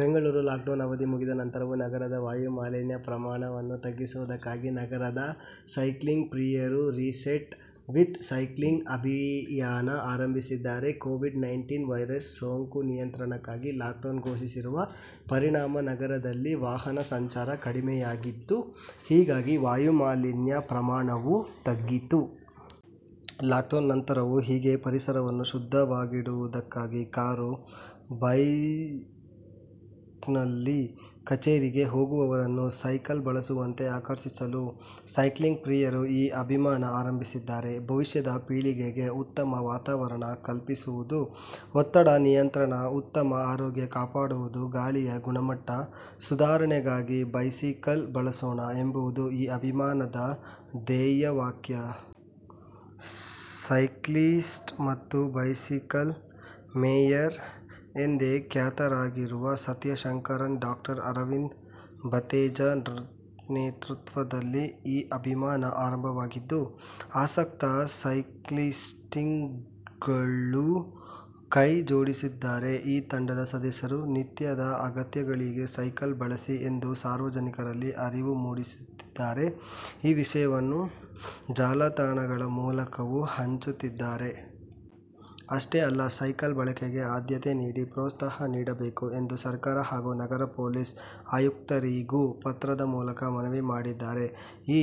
Bengaluru: lockdown ಅವಧಿ ಮುಗಿದ ನಂತರವೂ, ನಗರದ ವಾಯುಮಾಲಿನ್ಯ ಪ್ರಮಾಣವನ್ನು ತಗ್ಗಿಸುವುದಕ್ಕಾಗಿ ನಗರದ ಸೈಕ್ಲಿಂಗ್ ಪ್ರಿಯರು 'ರಿಸೆಟ್ ವಿತ್ ಸೈಕ್ಲಿಂಗ್' ಅಭಿಯಾನ ಆರಂಭಿಸಿದ್ದಾರೆ. ಕೋವಿಡ್- ನೈನ್ಟೀನ್ ವೈರಸ್ ಸೋಂಕು ನಿಯಂತ್ರಣಕ್ಕಾಗಿ ಲಾಕ್ಡೌನ್ ಘೋಷಿಸಿರುವ ಪರಿಣಾಮ ನಗರದಲ್ಲಿ ವಾಹನ ಸಂಚಾರ ಕಡಿಮೆಯಾಗಿತ್ತು. ಹೀಗಾಗಿ ವಾಯುಮಾಲಿನ್ಯ ಪ್ರಮಾಣವೂ ತಗ್ಗಿತ್ತು. ಲಾಕ್ಡೌನ್ ನಂತರವೂ ಹೀಗೆ ಪರಿಸರವನ್ನು ಶುದ್ಧವಾಗಿಡುವುದಕ್ಕಾಗಿ ಕಾರು, ಬೈಕ್ನಲ್ಲಿ ಕಚೇರಿಗೆ ಹೋಗುವವರನ್ನು, ಸೈಕಲ್ ಬಳಸುವಂತೆ ಆಕರ್ಷಿಸಲು ಸೈಕ್ಲಿಂಗ್ ಪ್ರಿಯರು ಈ ಅಭಿಯಾನ ಅರಂಭಿಸಿದ್ದಾರೆ. 'ಭವಿಷ್ಯದ ಪೀಳಿಗೆಗೆ ಉತ್ತಮ ವಾತಾವರಣ ಕಲ್ಪಿಸುವುದು, ಒತ್ತಡ ನಿಯಂತ್ರಣ, ಉತ್ತಮ ಆರೋಗ್ಯ ಕಾಪಾಡುವುದು, ಗಾಳಿಯ ಗುಣಮಟ್ಟ ಸುಧಾರಣೆಗಾಗಿ ಬೈಸಿಕಲ್ ಬಳಸೋಣ' ಎಂಬುದು ಈ ಅಭಿಯಾನದ ಧ್ಯೇಯ ವಾಕ್ಯ. ಸೈಕ್ಲಿಸ್ಟ್ ಮತ್ತು ಬೈಸಿಕಲ್ ಮೇಯರ್ ಎಂದೇ ಖ್ಯಾತರಾಗಿರುವ ಸತ್ಯ ಶಂಕರನ್, ಡಾ. ಅರವಿಂದ್ ಭತೇಜಾ ನೇತೃತ್ವದಲ್ಲಿ ಈ ಅಭಿಯಾನ ಆರಂಭವಾಗಿದ್ದು, ಆಸಕ್ತ ಸೈಕ್ಲಿಸ್ಟ್ಗಳೂ ಕೈ ಜೋಡಿಸಿದ್ದಾರೆ. ಈ ತಂಡದ ಸದಸ್ಯರು, 'ನಿತ್ಯದ ಅಗತ್ಯಗಳಿಗೆ ಸೈಕಲ್'ಬಳಸಿ ಎಂದು ಸಾರ್ವಜನಿಕರಲ್ಲಿ ಅರಿವು ಮೂಡಿಸುತ್ತಿದ್ದಾರೆ. ಈ ವಿಷಯವನ್ನು ಜಾಲತಾಣಗಳ ಮೂಲಕವೂ ಹಂಚುತ್ತಿದ್ದಾರೆ. 'ಅಷ್ಟೇ ಅಲ್ಲ, ಸೈಕಲ್ ಬಳಕೆಗೆ ಆದ್ಯತೆ ನೀಡಿ, ಪ್ರೋತ್ಸಾಹ ನೀಡಬೇಕು' ಎಂದು ಸರ್ಕಾರ ಹಾಗೂ ನಗರ ಪೊಲೀಸ್ ಆಯುಕ್ತರಿಗೂ ಪತ್ರದ ಮೂಲಕ ಮನವಿ ಮಾಡಿದ್ದಾರೆ. ಈ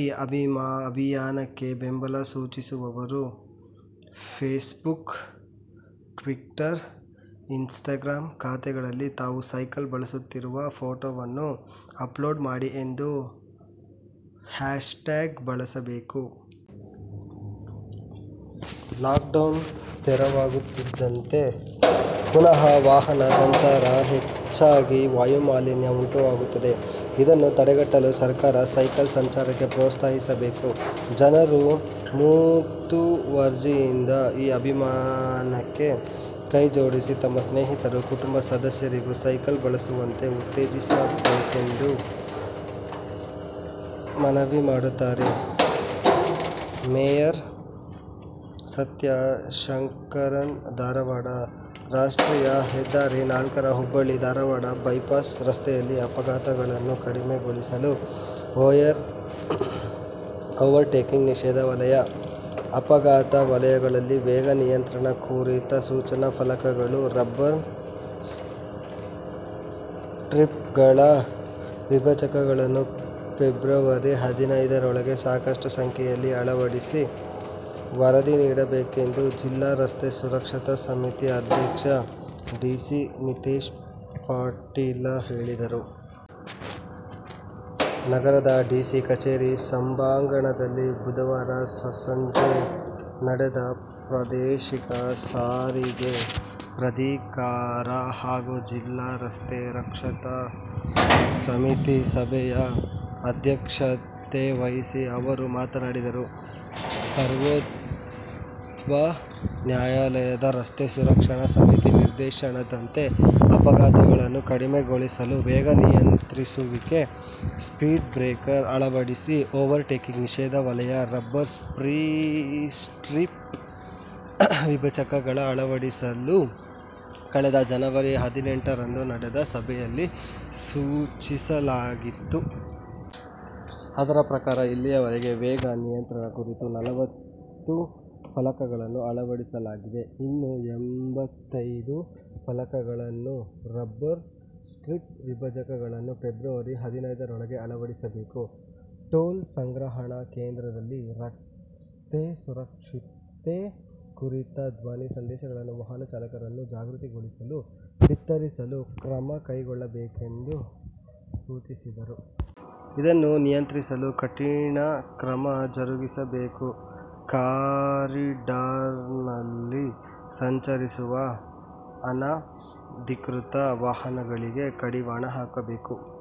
ಅಭಿಯಾನಕ್ಕೆ ಬೆಂಬಲ ಸೂಚಿಸುವವರು ಫೇಸ್ಬುಕ್, ಟ್ವಿಟ್ಟರ್, ಇನ್ಸ್ಟಾಗ್ರಾಂ ಖಾತೆಗಳಲ್ಲಿ ತಾವು ಸೈಕಲ್ ಬಳಸುತ್ತಿರುವ ಫೋಟೊವನ್ನು ಅಪ್ಲೋಡ್ ಮಾಡಿ ಎಂದು ಹ್ಯಾಷ್ ಟ್ಯಾಗ್ ಬಳಸಬೇಕು. 'ಲಾಕ್ಡೌನ್ ತೆರವಾಗುತ್ತಿದ್ದಂತೆ ಪುನಃ ವಾಹನ ಸಂಚಾರ ಹೆಚ್ಚಾಗಿ ವಾಯುಮಾಲಿನ್ಯ ಉಂಟಾಗುತ್ತದೆ. ಇದನ್ನು ತಡೆಗಟ್ಟಲು ಸರ್ಕಾರ ಸೈಕಲ್ ಸಂಚಾರಕ್ಕೆ ಪ್ರೋತ್ಸಾಹಿಸಬೇಕು. ಜನರೂ ಮುತುವರ್ಜಿಯಿಂದ ಈ ಅಭಿಯಾನಕ್ಕೆ ಕೈಜೋಡಿಸಿ, ತಮ್ಮ ಸ್ನೇಹಿತರು, ಕುಟುಂಬ ಸದಸ್ಯರಿಗೂ ಸೈಕಲ್ ಬಳಸುವಂತೆ ಉತ್ತೇಜಿಸಬೇಕು' ಎಂದು ಮನವಿ ಮಾಡುತ್ತಾರೆ ಮೇಯರ್ ಸತ್ಯ ಶಂಕರನ್. ಧಾರವಾಡ: ರಾಷ್ಟ್ರೀಯ ಹೆದ್ದಾರಿ ನಾಲ್ಕರ ಹುಬ್ಬಳ್ಳಿ-ಧಾರವಾಡ ಬೈಪಾಸ್ ರಸ್ತೆಯಲ್ಲಿ ಅಪಘಾತಗಳನ್ನು ಕಡಿಮೆಗೊಳಿಸಲು ಓವರ್ ಟೇಕಿಂಗ್ ನಿಷೇಧ ವಲಯ, ಅಪಘಾತ ವಲಯಗಳಲ್ಲಿ ವೇಗ ನಿಯಂತ್ರಣ ಕುರಿತ ಸೂಚನಾ ಫಲಕಗಳು, ರಬ್ಬರ್ ಸ್ಟ್ರಿಪ್ ಗಳ ವಿಭಜಕಗಳನ್ನು ಫೆಬ್ರವರಿ ಹದಿನೈದರೊಳಗೆ ಸಾಕಷ್ಟು ಸಂಖ್ಯೆಯಲ್ಲಿ ಅಳವಡಿಸಿ ವರದಿ ನೀಡಬೇಕೆಂದು ಜಿಲ್ಲಾ ರಸ್ತೆ ಸುರಕ್ಷತಾ ಸಮಿತಿ ಅಧ್ಯಕ್ಷ ಡಿಸಿ ನಿತೇಶ ಪಾಟೀಲ ಹೇಳಿದರು. ನಗರದ ಡಿಸಿ ಕಚೇರಿ ಸಭಾಂಗಣದಲ್ಲಿ ಬುಧವಾರ ಸಸಂಜೆ ನಡೆದ ಪ್ರಾದೇಶಿಕ ಸಾರಿಗೆ ಪ್ರಾಧಿಕಾರ ಹಾಗೂ ಜಿಲ್ಲಾ ರಸ್ತೆ ರಕ್ಷತಾ ಸಮಿತಿ ಸಭೆಯ ಅಧ್ಯಕ್ಷತೆ ವಹಿಸಿ ಅವರು ಮಾತನಾಡಿದರು. ಸರ್ವೋತ್ಛ ನ್ಯಾಯಾಲಯದ ರಸ್ತೆ ಸುರಕ್ಷತಾ ಸಮಿತಿ ನಿರ್ದೇಶನದಂತೆ ಅಪಘಾತಗಳನ್ನು ಕಡಿಮೆಗೊಳಿಸಲು ವೇಗ ನಿಯಂತ್ರಿಸುವಿಕೆ, ಸ್ಪೀಡ್ ಬ್ರೇಕರ್ ಅಳವಡಿಕೆ, ಓವರ್ ಟೇಕಿಂಗ್ ನಿಷೇಧ ವಲಯ, ರಬ್ಬರ್ ಸ್ಟ್ರಿಪ್ ವಿಭಜಕಗಳ ಅಳವಡಿಸಲು ಕಳೆದ ಜನವರಿ ಹದಿನೆಂಟರಂದು ನಡೆದ ಸಭೆಯಲ್ಲಿ ಸೂಚಿಸಲಾಗಿತ್ತು. ಅದರ ಪ್ರಕಾರ ಇಲ್ಲಿಯವರೆಗೆ ವೇಗ ನಿಯಂತ್ರಣ ಕುರಿತು ನಲವತ್ತು ಫಲಕಗಳನ್ನು ಅಳವಡಿಸಲಾಗಿದೆ. ಇನ್ನೂ ಎಂಬತ್ತೈದು ಫಲಕಗಳನ್ನು, ರಬ್ಬರ್ ಸ್ಟ್ರಿಪ್ ವಿಭಜಕಗಳನ್ನು ಫೆಬ್ರವರಿ ಹದಿನೈದರೊಳಗೆ ಅಳವಡಿಸಬೇಕು. ಟೋಲ್ ಸಂಗ್ರಹಣಾ ಕೇಂದ್ರದಲ್ಲಿ ರಸ್ತೆ ಸುರಕ್ಷತೆ ಕುರಿತ ಧ್ವನಿ ಸಂದೇಶಗಳು ವಾಹನ ಚಾಲಕರನ್ನು ಜಾಗೃತಿಗೊಳಿಸಲು ಬಿತ್ತರಿಸಲು ಕ್ರಮ ಕೈಗೊಳ್ಳಬೇಕೆಂದು ಸೂಚಿಸಿದರು. ಇದನ್ನು ನಿಯಂತ್ರಿಸಲು ಕಠಿಣ ಕ್ರಮ ಜರುಗಿಸಬೇಕು. ಕಾರಿಡಾರ್ನಲ್ಲಿ ಸಂಚರಿಸುವ ಅನ ಧಿಕೃತ ವಾಹನಗಳಿಗೆ ಕಡಿವಾಣ ಹಾಕಬೇಕು.